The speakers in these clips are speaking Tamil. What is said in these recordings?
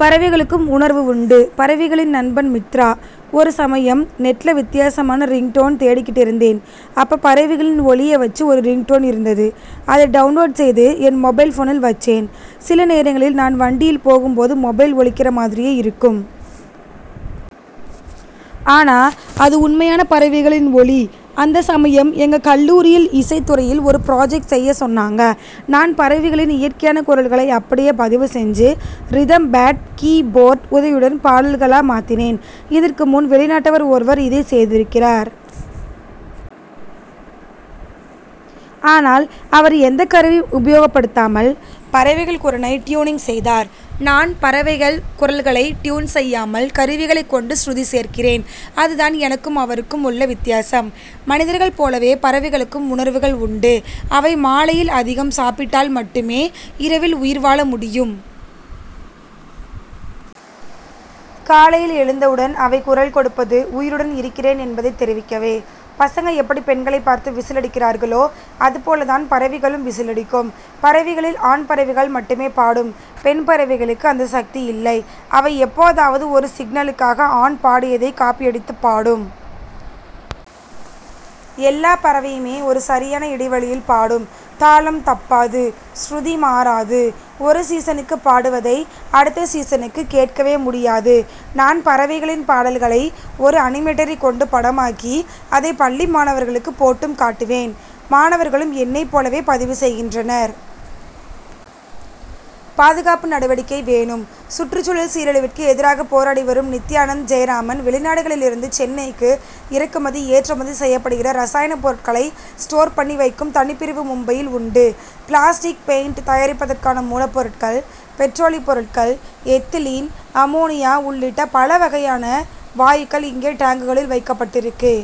பறவைகளுக்கும் உணர்வு உண்டு: பறவைகளின் நண்பன் மித்ரா: ஒரு சமயம், நெட்ல வித்தியாசமான ரிங்டோன் தேடிக்கிட்டு இருந்தேன். அப்ப, பறவைகளின் ஒலிய வச்சு ஒரு ரிங்டோன் இருந்தது. அதை டவுன்லோட் செய்து, என் மொபைல் போனில் வச்சேன். சில நேரங்களில் நான் வண்டியில் போகும்போது, மொபைல் ஒலிக்கிற மாதிரியே இருக்கும். ஆனா, அது உண்மையான பறவைகளின் ஒலி. அந்த சமயம், எங்க கல்லூரியில் இசைத் துறையில் ஒரு புராஜெக்ட் செய்ய சொன்னாங்க. நான் பறவைகளின் இயற்கையான குரல்களை அப்படியே பதிவு செஞ்சு, ரிதம் பேட் கீ போர்ட் உதவியுடன் பாடல்களா மாத்தினேன். இதற்கு முன், வெளிநாட்டவர் ஒருவர் இதை செய்திருக்கிறார். ஆனால், அவர் எந்தக் கருவியும் உபயோகப்படுத்தாமல், பறவைகள் குரலை டியூனிங் செய்தார். நான் பறவைக் குரல்களை டியூன் செய்யாமல், கருவிகளைக் கொண்டு ஸ்ருதி சேர்க்கிறேன். அது தான் எனக்கும், அவருக்கும் உள்ள வித்தியாசம். மனிதர்கள் போலவே, பறவைகளுக்கும் உணர்வுகள் உண்டு. அவை மாலையில் அதிகம் சாப்பிட்டால் மட்டுமே, இரவில் உயிர் வாழ முடியும். காலையில் எழுந்தவுடன் அவை குரல் கொடுப்பது, உயிருடன் இருக்கிறேன் என்பதை தெரிவிக்கவே! பசங்க எப்படி பெண்களைப் பார்த்து விசில் அடிக்கிறார்களோ, அது போல தான் பறவைகளும், விசில் அடிக்கும். பறவைகளில் ஆண் பறவைகள் மட்டுமே பாடும். பெண் பறவைகளுக்கு அந்த சக்தி இல்லை. அவை எப்போதாவது ஒரு சிக்னலுக்காக, ஆண் பாடியதைக் காப்பியடித்துப் பாடும். எல்லா பறவையுமே ஒரு சரியான இடைவெளியில் பாடும். தாளம் தப்பாது, ஸ்ருதி மாறாது, ஒரு சீசனுக்குப் பாடுவதை, அடுத்த சீசனுக்கு கேட்கவே முடியாது. நான் பறவைகளின் பாடல்களை ஒரு அனிமேட்டரைக் கொண்டு படமாக்கி, அதை பள்ளி மாணவர்களுக்கு போட்டும் காட்டுவேன். மாணவர்களும் என்னைப் போலவே பதிவு செய்கின்றனர். பாதுகாப்பு நடவடிக்கை வேணும்: சுற்றுச்சூழல் சீரழிவிற்கு எதிராகப் போராடி வரும் நித்யானந்த் ஜெயராமன்: வெளிநாடுகளிலிருந்து சென்னைக்கு இறக்குமதி, ஏற்றுமதி செய்யப்படுகிற ரசாயனப் பொருட்களை ஸ்டோர் பண்ணி வைக்கும் தனிப்பிரிவு மும்பையில் உண்டு. பிளாஸ்டிக், பெயின்ட் தயாரிப்பதற்கான மூலப்பொருட்கள், பெட்ரோலியப் பொருள்கள், எத்திலீன், அமோனியா உள்ளிட்ட பல வகை வாயுக்கள் இங்கே டேங்குகளில் வைக்கப்பட்டிருக்கு.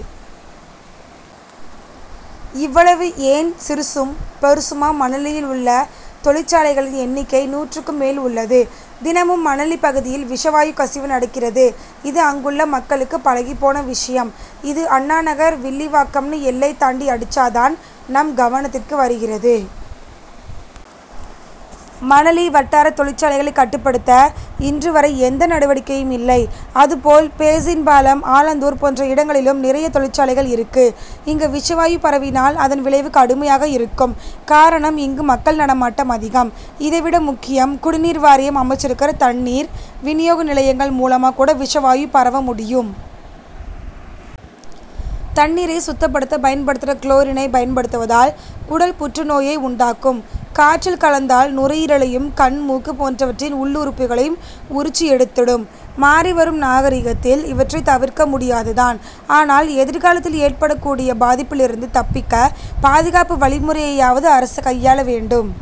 இவ்வளவு ஏன்சிறுசும், பெருசுமா மணலியில் உள்ள தொழிற்சாலைகளின் எண்ணிக்கை நூற்றுக்கும் மேல் உள்ளது. தினமும், மணலி பகுதியில் விஷ வாயு கசிவு நடக்கிறது இது அங்குள்ள மக்களுக்கு பழகிப் போன விஷயம். இது, அண்ணா நகர், வில்லிவாக்கம்ன்னு எல்லை தாண்டி அடிச்சா தான் நம் கவனத்திற்கு வருகிறது. மணலி வட்டாரத் தொழிற்சாலைகளைக் கட்டுப்படுத்த, இன்று வரை எந்த நடவடிக்கையும் இல்லை. அதுபோல், பேசின் பாலம், ஆலந்தூர் போன்ற இடங்களிலும் நிறைய தொழிற்சாலைகள் இருக்கு; இங்கு விஷவாயு பரவினால், அதன் விளைவு கடுமையாக இருக்கும். காரணம் இங்கு மக்கள் நடமாட்டம் அதிகம். இதை விட முக்கியம், குடிநீர் வாரியம் அமைச்சிருக்கிற தண்ணீர் வினியோக நிலையங்கள் மூலமா கூட விஷவாயு பரவ முடியும். தண்ணீரை சுத்தப்படுத்த பயன்படுத்துற குளோரினை பயன்படுத்துவதால், குடல் புற்று நோயை உண்டாக்கும். காற்றில் கலந்தால், நுரையீரலையும் கண், மூக்கு போன்றவற்றின் உள் உறுப்புகளையும் உரிச்சு எடுத்துடும். மாறிவரும் நாகரிகத்தில் இவற்றை தவிர்க்க முடியாது தான்; ஆனால், எதிர்காலத்தில் ஏற்படக்கூடிய பாதிப்பிலிருந்து தப்பிக்க, பாதுகாப்பு வழிமுறையையாவது அரசு கையாள வேண்டும்.